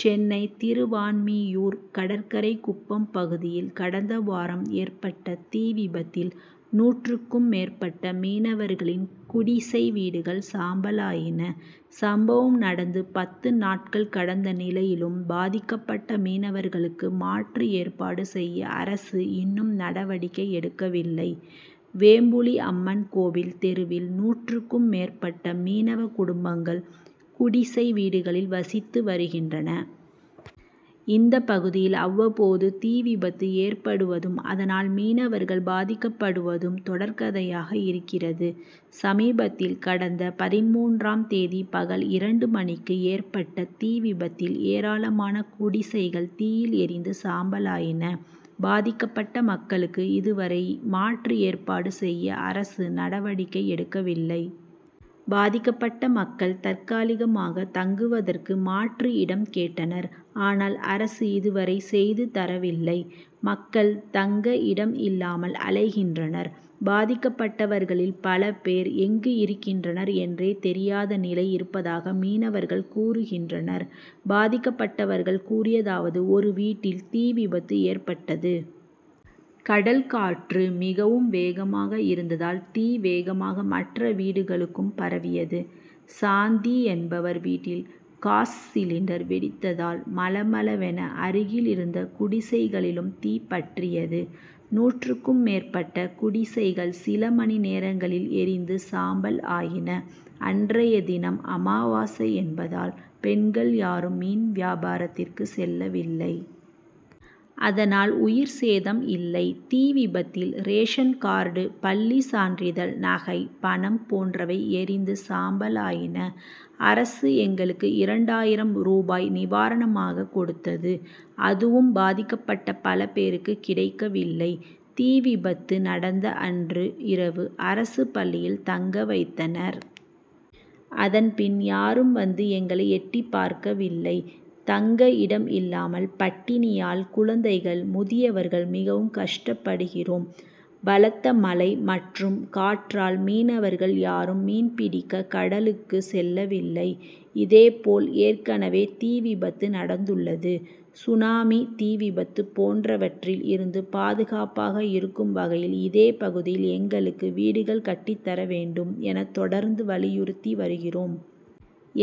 சென்னை திருவான்மியூர் கடற்கரை குப்பம் பகுதியில் கடந்த வாரம் ஏற்பட்ட தீ விபத்தில் நூற்றுக்கும் மேற்பட்ட மீனவர்களின் குடிசைவீடுகள் சாம்பலாயின. சம்பவம் நடந்து பத்து நாட்கள் கடந்த நிலையிலும் பாதிக்கப்பட்ட மீனவர்களுக்கு மாற்று ஏற்பாடு செய்ய அரசு இன்னும் நடவடிக்கை எடுக்கவில்லை. வேம்புலி அம்மன் கோவில் தெருவில் நூற்றுக்கும் மேற் பட்ட மீனவ குடும்பங்கள் குடிசை வீடுகளில் வசித்து வருகின்றன. இந்தப் பகுதியில் அவ் வப்போது தீ விபத்து ஏற்படுவதும் அதனால் மீனவர்கள் பாதிக்கப்படுவதும் தொடர்கதையாக இருக்கிறது. சமீபத்தில் கடந்த பதின்மூன்றாம் தேதி பகல் இரண்டு மணிக்கு ஏற்பட்ட தீ விபத்தில் ஏராளமான குடிசைகள் தீயில் எரிந்து சாம்பலாயின. பாதிக்கப்பட்ட மக்களுக்கு இதுவரை மாற்று ஏற்பாடு செய்ய அரசு நடவடிக்கை எடுக்கவில்லை. பாதிக்கப்பட்ட மக்கள் தற்காலிகமாக தங்குவதற்கு மாற்று இடம் கேட்டனர். ஆனால் அரசு இதுவரை செய்து தரவில்லை. மக்கள் தங்க இடம் இல்லாமல் அலைகின்றனர். பாதிக்கப்பட்டவர்களில் பல பேர் எங்கு இருக்கின்றனர் என்றே தெரியாத நிலை இருப்பதாக மீனவர்கள் கூறுகின்றனர். பாதிக்கப்பட்டவர்கள் கூறியதாவது ஒரு வீட்டில் தீ விபத்து ஏற் பட்டது. கடல் காற்று மிகவும் வேகமாக இருந்ததால் தீ வேகமாக மற்ற வீடுகளுக்கும் பரவியது. சாந்தி என்பவர் வீட்டில் காஸ் சிலிண்டர் வெடித்ததால் மளமளவென அருகில் இருந்த குடிசைகளிலும் தீ பற்றியது. நூற்றுக்கும் மேற்பட்ட குடிசைகள் சில மணி நேரங்களில் எரிந்து சாம்பல் ஆயின. அன்றைய தினம் அமாவாசை என்பதால் பெண்கள் யாரும் மீன் வியாபாரத்திற்கு செல்லவில்லை. அதனால் உயிர்ச்சேதம் இல்லை. தீ விபத்தில் ரேஷன் கார்டு பள்ளி சான்றிதழ் நகை பணம் போன்றவை எரிந்து சாம்பலாயின. அரசு எங்களுக்கு இரண்டாயிரம் ரூபாய் நிவாரணமாக கொடுத் தது. அதுவும் பாதிக்கப்பட்ட பல பேருக்கு கிடைக்கவில்லை. தீ விபத்து நடந்த அன்று இரவு அரசு பள்ளியில் தங்க வைத்தனர். அதன்பின் யாரும் வந்து எங்களை எட்டிப் பார்க்கவில்லை. தங்க இடம் இல்லாமல் பட்டினியால் குழந்தைகள் முதியவர்கள் மிகவும் கஷ்டப்படுகிறோம். பலத்த மழை மற்றும் காற்றால் மீனவர்கள் யாரும் மீன் பிடிக்க கடலுக்கு செல்லவில்லை. இதேபோல் ஏற்கனவே தீ விபத்து நடந்துள்ளது. சுனாமி தீ விபத்து போன்றவற்றில் இருந்து பாதுகாப்பாக இருக்கும் வகையில் இதே பகுதியில் எங்களுக்கு வீடுகள் கட்டி தர வேண்டும் என தொடர்ந்து வலியுறுத்தி வருகிறோம்.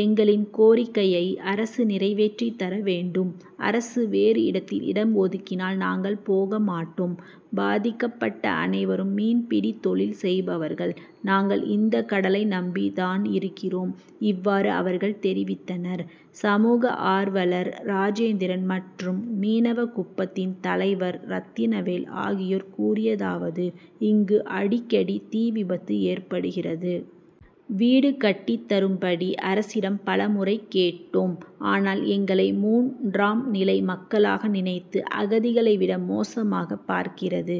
எங்களின் கோரிக்கையை அரசு நிறைவேற்றித் தர வேண் டும். அரசு வேறு இடத்தில் இடம் ஒதுக்கினால் நாங்கள் போக மாட்டோம். பாதிக்கப் பட்ட அனைவரும் மீன்பிடி தொழில் செய்பவர்கள். நாங்கள் இந்த கடலை நம்பி தான் இருக்கிறோம். இவ்வாறு அவர்கள் தெரிவித்தனர். சமூக ஆர்வலர் ராஜேந்திரன் மற்றும் மீனவ குப்பத்தின் தலைவர் ரத்தினவேல் ஆகியோர்கூறியதாவது இங்கு அடிக்கடி தீ விபத்து ஏற்படுகிறது. வீடு கட்டித்தரும் படி அரசிடம் பலமுறை கேட் டோம். ஆனால் எங்களை மூன் றாம் நிலை மக்களாக நினைத்து அகதிகளை விட மோசமாக பார்க்கிறது.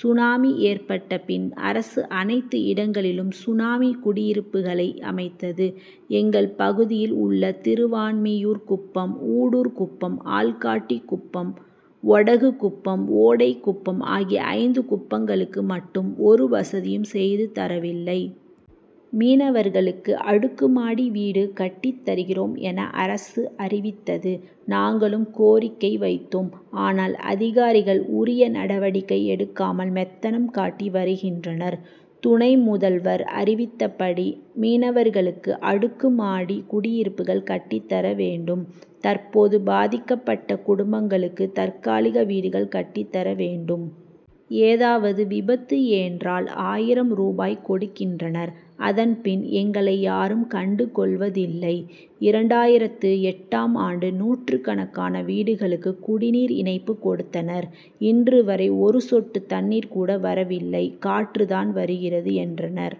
சுனாமி ஏற்பட்டபின் அரசு அனைத்து இடங்களிலும் சுனாமி குடியிருப்புகளை அமைத்தது. எங்கள் பகுதியில் உள்ள திருவான்மியூர் குப்பம் ஊடூர் குப்பம் ஆள்காட்டி குப்பம் ஒடகு குப்பம் ஓடை குப்பம் ஆகிய ஐந்து குப்பங்களுக்கு மட்டும் ஒரு வசதியும் செய்து தரவில்லை. மீனவர்களுக்கு அடுக்குமாடி வீடு கட்டி தருகிறோம் என அரசு அறிவித்தது. நாங்களும் கோரிக்கை வைத்தோம். ஆனால் அதிகாரிகள் உரிய நடவடிக்கை எடுக்காமல் மெத்தனம் காட்டி வருகின்றனர். துணை முதல்வர் அறிவித்தபடி மீனவர்களுக்கு அடுக்கு மாடி குடியிருப்புகள் கட்டித்தர வேண்டும். தற்போது பாதிக்கப்பட்ட குடும்பங்களுக்கு தற்காலிக வீடுகள் கட்டி தர வேண்டும். ஏதாவது விபத்து ஏன்றால் ஆயிரம் ரூபாய் கொடுக் கின்றனர். அதன்பின் எங்களை யாரும் கண்டு கொள்வதில்லை. இரண்டாயிரத்து எட்டாம் ஆண்டு நூற்றுக்கணக்கான வீடுகளுக்கு குடிநீர் இணைப்பு கொடுத்தனர். இன்று வரை ஒரு சொட்டு தண்ணீர் கூட வரவில்லை காற்று தான் வருகிறது என்றனர்.